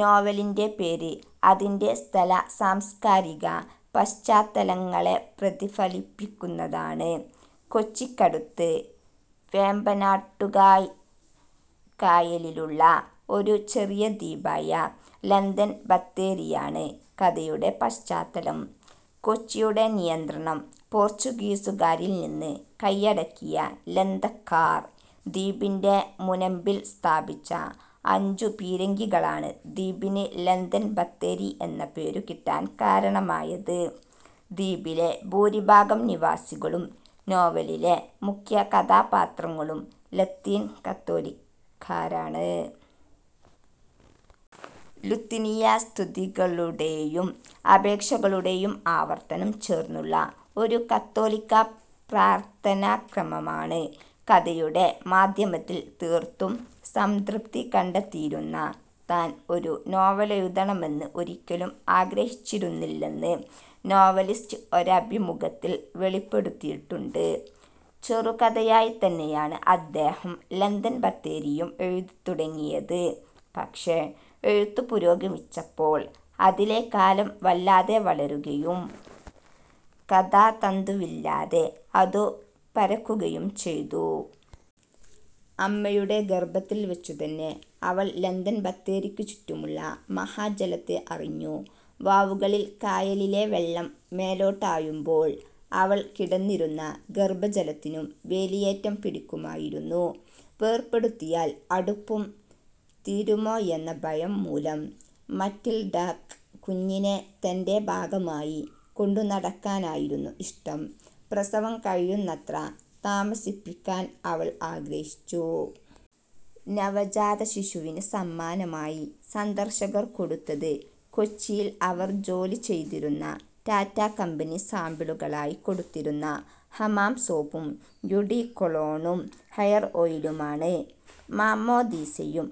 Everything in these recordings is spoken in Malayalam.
നോവലിന്റെ പേര് അതിന്റെ സ്ഥല-സാസ്കാരികപശ്ചാത്തലങ്ങളെ പ്രതിഫലിപ്പിക്കുന്നതാണ്. കൊച്ചിക്കടുത്ത് വേമ്പനാട്ടുകായലിലുള്ള ഒരു ചെറിയ ദ്വീപായ ലന്തൻ ബത്തേരിയാണ് കഥയുടെ പശ്ചാത്തലം. കൊച്ചിയുടെ നിയന്ത്രണം പോർച്ചുഗീസുകാരിൽ നിന്ന് കയ്യടക്കിയ 'ലന്തക്കാർ' ദ്വീപിന്റെ മുനമ്പിൽ സ്ഥാപിച്ച അഞ്ചു പീരങ്കികളാണ് ദ്വീപിന് ലന്തൻ ബത്തേരി എന്ന പേരു കിട്ടാൻ കാരണമായത്. ദ്വീപിലെ ഭൂരിഭാഗം നിവാസികളും നോവലിലെ മുഖ്യകഥാപാത്രങ്ങളും ലത്തീൻ കത്തോലിക്കരാണ്. 'ലുത്തിനിയ' സ്തുതികളുടേയും അപേക്ഷകളുടേയും ആവർത്തനം ചേർന്നുള്ള ഒരു കത്തോലിക്കാ പ്രാർത്ഥാനാക്രമമാണ്. കഥയുടെ മാധ്യമത്തിൽ തീർത്തും സംതൃപ്തി കണ്ടെത്തിയിരുന്ന താൻ ഒരു നോവലെഴുതണമെന്ന് ഒരിക്കലും ആഗ്രഹിച്ചിരുന്നില്ലെന്ന് നോവലിസ്റ്റ് ഒരഭിമുഖത്തിൽ വെളിപ്പെടുത്തിയിട്ടുണ്ട്. ചെറുകഥയായി തന്നെയാണ് അദ്ദേഹം ലന്തൻ ബത്തേരിയും എഴുതി തുടങ്ങിയത്. പക്ഷേ എഴുത്തു പുരോഗമിച്ചപ്പോൾ അതിലെ കാലം വല്ലാതെ വളരുകയും കഥാതന്തുവില്ലാതെ അതു പരക്കുകയും ചെയ്തു. അമ്മയുടെ ഗർഭത്തിൽ വച്ചുതന്നെ അവൾ ലന്തൻബത്തേരിക്കുചുറ്റുമുള്ള മഹാജലത്തെ അറിഞ്ഞു. വാവുകളിൽ കായലിലെ വെള്ളം മേലോട്ട് ആയുമ്പോൾ അവൾ കിടന്നിരുന്ന ഗർഭജലത്തിനും വേലിയേറ്റം പിടിക്കുമായിരുന്നു. വേർപെടുത്തിയാൽ അടുപ്പം തീരുമോയെന്ന ഭയം മൂലം മറ്റിൽഡക്ക് കുഞ്ഞിനെ തന്റെ ഭാഗമായി കൊണ്ടുനടക്കാനായിരുന്നു ഇഷ്ടം. പ്രസവം കഴിയുന്നത്ര താമസിപ്പിക്കാൻ അവൾ ആഗ്രഹിച്ചു. നവജാതശിശുവിന് സമ്മാനമായി സന്ദർശകർ കൊടുത്തത് കൊച്ചിയിൽ അവർ ജോലി ചെയ്തിരുന്ന റ്റാറ്റാ കമ്പനി സാമ്പിളുകളായി കൊടുത്തിരുന്ന ഹമാം സോപ്പും, യുഡികൊളോണും, ഹെയർ ഓയിലുമാണ്. മാമ്മോദീസയും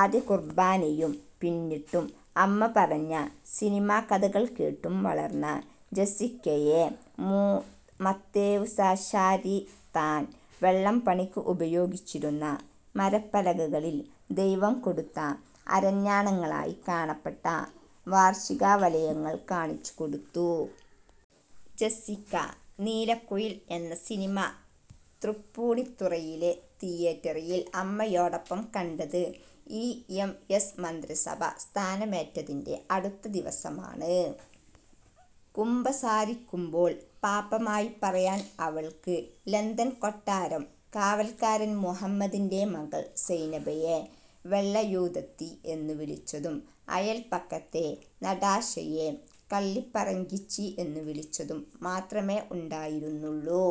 ആദ്യകുർബ്ബാനയും പിന്നിട്ടും അമ്മ പറഞ്ഞ സിനിമാക്കഥകൾ കേട്ടും വളർന്ന ജെസ്സിക്കയെ മത്തേവൂസാശാരി താൻ വള്ളം പണിക്ക് ഉപയോഗിച്ചിരുന്ന മരപ്പലകകളിൾ ദൈവം കൊടുത്ത അരഞ്ഞാണങ്ങളായി കാണപ്പെട്ട വാർഷികവലയങ്ങൾ കാണിച്ചുകൊടുത്തു. ജെസ്സിക്ക 'നീലക്കുയിൽ' എന്ന സിനിമ തൃപ്പൂണിത്തുറയിലെ തിയേറ്ററിയിൽ അമ്മയോടൊപ്പം കണ്ടത് ഇ. എം. എസ്. മന്ത്രിസഭ സ്ഥാനമേറ്റതിന്റെ അടുത്ത ദിവസമാണ്. കുമ്പസാരിക്കുമ്പോൾ പാപമായി പറയാൻ അവൾക്ക് ലന്തൻ കൊട്ടാരം കാവൽക്കാരൻ മുഹമ്മദിന്റെ മകൾ സൈനബയെ 'വെള്ളയൂദത്തി' എന്നുവിളിച്ചതും അയല്പക്കത്തെ നടാഷയെ 'കള്ളിപ്പറങ്കിച്ചി' എന്നു വിളിച്ചതും മാത്രമേ ഉണ്ടായിരുന്നുള്ളു.